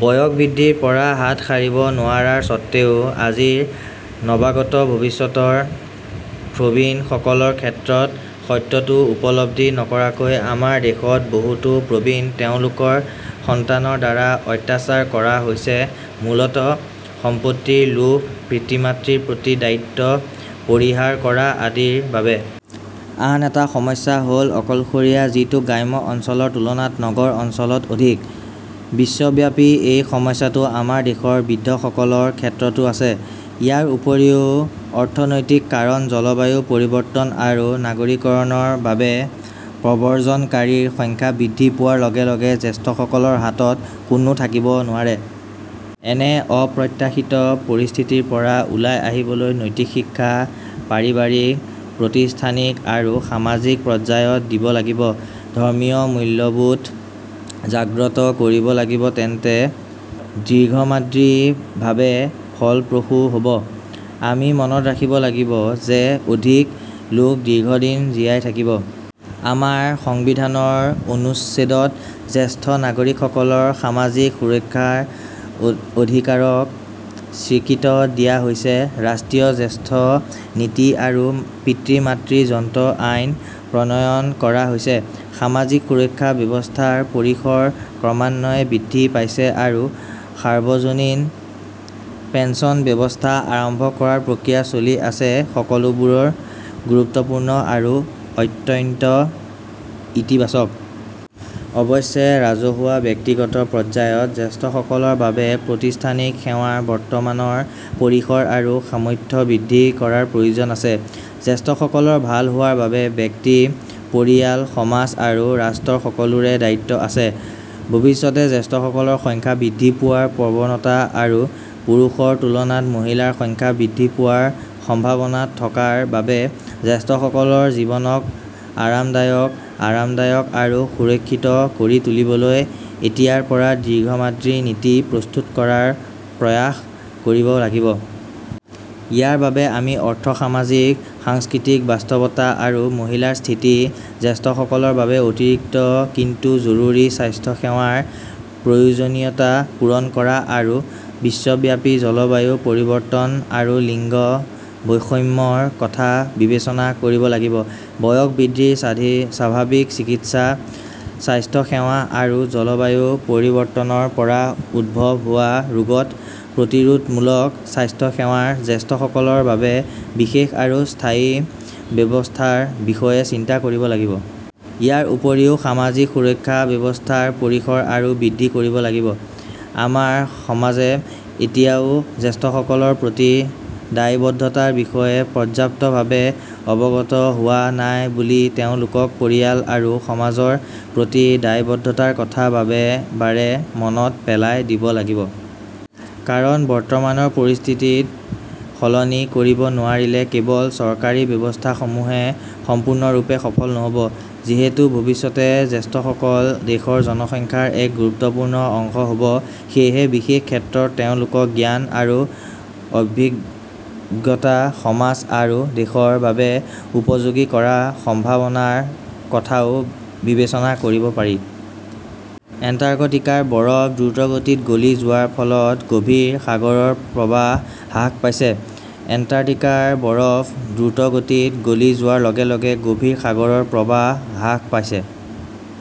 বয়স বৃদ্ধিৰ পৰা হাত সাৰিব নোৱাৰাৰ স্বত্ত্বেও আজিৰ নৱাগত ভৱিষ্যতৰ প্ৰবীণসকলৰ ক্ষেত্ৰত সত্যটো উপলব্ধি নকৰাকৈ, আমাৰ দেশত বহুতো প্ৰবীণ তেওঁলোকৰ সন্তানৰ দ্বাৰা অত্যাচাৰ কৰা হৈছে-মূলতঃ সম্পত্তিৰ লোভ, পিতৃ-মাতৃৰ প্ৰতি দায়িত্ব পৰিহাৰ কৰা আদিৰ বাবে। আন এটা সমস্যা হ "ল অকলশৰীয়া, যিটো গ্ৰাম্য অঞ্চলৰ তুলনাত নগৰ অঞ্চলত অধিক। বিশ্বব্যাপী এই সমস্যাটো আমাৰ দেশৰ বৃদ্ধসকলৰ ক্ষেত্ৰতো আছে। ইয়াৰ উপৰিও, অৰ্থনৈতিক কাৰণ, জলবায়ু পৰিৱৰ্তন আৰু নগৰীকৰণৰ বাবে প্ৰব্ৰজনকাৰীৰ সংখ্যা বৃদ্ধি পোৱাৰ লগে লগে জ্যেষ্ঠসকলৰ হাতত কোনো থাকিব নোৱাৰে। এনে অপ্ৰত্যাশিত পৰিস্থিতিৰ পৰা ওলাই আহিবলৈ নৈতিক শিক্ষা, পাৰিবাৰিক, প্ৰতিষ্ঠানিক আৰু সামাজিক পৰ্যায়ত দিব লাগিব, ধৰ্মীয় মূল্যবোধ জাগ্ৰত কৰিব লাগিব-তেন্তে দীৰ্ঘম্যাদীভাৱে ফলপ্ৰসূ হ 'ব। আমি মনত ৰাখিব লাগিব যে অধিক লোক দীৰ্ঘদিন জীয়াই থাকিব। আমাৰ সংবিধানৰ অনুচ্ছেদত জ্যেষ্ঠ নাগৰিকসকলৰ সামাজিক সুৰক্ষাৰ অধিকাৰক স্বীকৃতি দিয়া হৈছে, ৰাষ্ট্ৰীয় জ্যেষ্ঠ নীতি- আৰু পিতৃ-মাতৃৰ যত্ন আইন, প্ৰণয়ন কৰা হৈছে। সামাজিক সুৰক্ষা ব্যৱস্থাৰ পৰিসৰ ক্ৰমান্বয়ে বৃদ্ধি পাইছে আৰু সাৰ্বজনীন পেন্সন ব্যৱস্থা আৰম্ভ কৰাৰ প্ৰক্ৰিয়া চলি আছে-সকলোবোৰ গুৰুত্বপূৰ্ণ আৰু অত্যন্ত ইতিবাচক। অৱশ্যে, ৰাজহুৱা-ব্যক্তিগত পৰ্যায়ত জ্যেষ্ঠসকলৰ বাবে প্ৰতিষ্ঠানিক সেৱাৰ বৰ্তমানৰ পৰিসৰ আৰু সামৰ্থ্য বৃদ্ধি কৰাৰ প্ৰয়োজন আছে। জ্যেষ্ঠসকলৰ ভাল হোৱাৰ বাবে ব্যক্তি, পৰিয়াল, সমাজ আৰু ৰাষ্ট্ৰৰ সকলোৰে দায়িত্ব আছে। ভৱিষ্যতে জ্যেষ্ঠসকলৰ সংখ্যা বৃদ্ধি পোৱাৰ প্ৰৱণতা আৰু পুৰুষৰ তুলনাত মহিলাৰ সংখ্যা বৃদ্ধি পোৱাৰ সম্ভাৱনা থকাৰ বাবে, জ্যেষ্ঠসকলৰ জীৱনক আৰামদায়ক, আৰামদায়ক আৰু সুৰক্ষিত কৰি তুলিবলৈ এতিয়াৰ পৰা দীৰ্ঘম্যাদী নীতি প্ৰস্তুত কৰাৰ প্ৰয়াস কৰিব লাগিব। ইয়াৰ বাবে আমি অৰ্থ-সামাজিক-সাংস্কৃতিক বাস্তৱতা আৰু মহিলাৰ স্থিতি, জ্যেষ্ঠসকলৰ বাবে অতিৰিক্ত কিন্তু জৰুৰী স্বাস্থ্যসেৱাৰ প্ৰয়োজনীয়তা পূৰণ কৰা, আৰু বিশ্বব্যাপী জলবায়ু পৰিৱৰ্তন আৰু লিংগ বৈষম্যৰ কথা বিবেচনা কৰিব লাগিব। বয়স বৃদ্ধিৰ স্বাভাৱিক চিকিৎসা স্বাস্থ্যসেৱা আৰু জলবায়ু পৰিৱৰ্তনৰ পৰা উদ্ভৱ হোৱা ৰোগত প্ৰতিৰোধমূলক স্বাস্থ্যসেৱাৰ জ্যেষ্ঠসকলৰ বাবে বিশেষ আৰু স্থায়ী ব্যৱস্থাৰ বিষয়ে চিন্তা কৰিব লাগিব। ইয়াৰ উপৰিও সামাজিক সুৰক্ষা ব্যৱস্থাৰ পৰিসৰ আৰু বৃদ্ধি কৰিব লাগিব। আমাৰ সমাজে এতিয়াও জ্যেষ্ঠসকলৰ প্ৰতি দায়বদ্ধতাৰ বিষয়ে পৰ্যাপ্তভাৱে অৱগত হোৱা নাই বুলি তেওঁলোকক পৰিয়াল আৰু সমাজৰ প্ৰতি দায়বদ্ধতাৰ কথা বাৰে বাৰে মনত পেলাই দিব লাগিব। কাৰণ বৰ্তমানৰ পৰিস্থিতি সলনি কৰিব নোৱাৰিলে কেৱল চৰকাৰী ব্যৱস্থাসমূহে সম্পূৰ্ণৰূপে সফল নহ 'ব। যিহেতু ভৱিষ্যতে জ্যেষ্ঠসকল দেশৰ জনসংখ্যাৰ এক গুৰুত্বপূৰ্ণ অংশ হ 'ব, সেয়েহে বিশেষ ক্ষেত্ৰত তেওঁলোকৰ জ্ঞান আৰু অভিজ্ঞতা সমাজ আৰু দেশৰ বাবে উপযোগী কৰাৰ সম্ভাৱনাৰ কথাও বিবেচনা কৰিব পাৰি। এণ্টাৰ্কটিকাৰ বৰফ দ্ৰুতগতিত গলি যোৱাৰ ফলত গভীৰ সাগৰৰ প্ৰবাহ হ্ৰাস পাইছে এণ্টাৰ্কটিকাৰ বৰফ দ্ৰুতগতিত গলি যোৱাৰ লগে লগে গভীৰ সাগৰৰ প্ৰৱাহ হ্ৰাস পাইছে।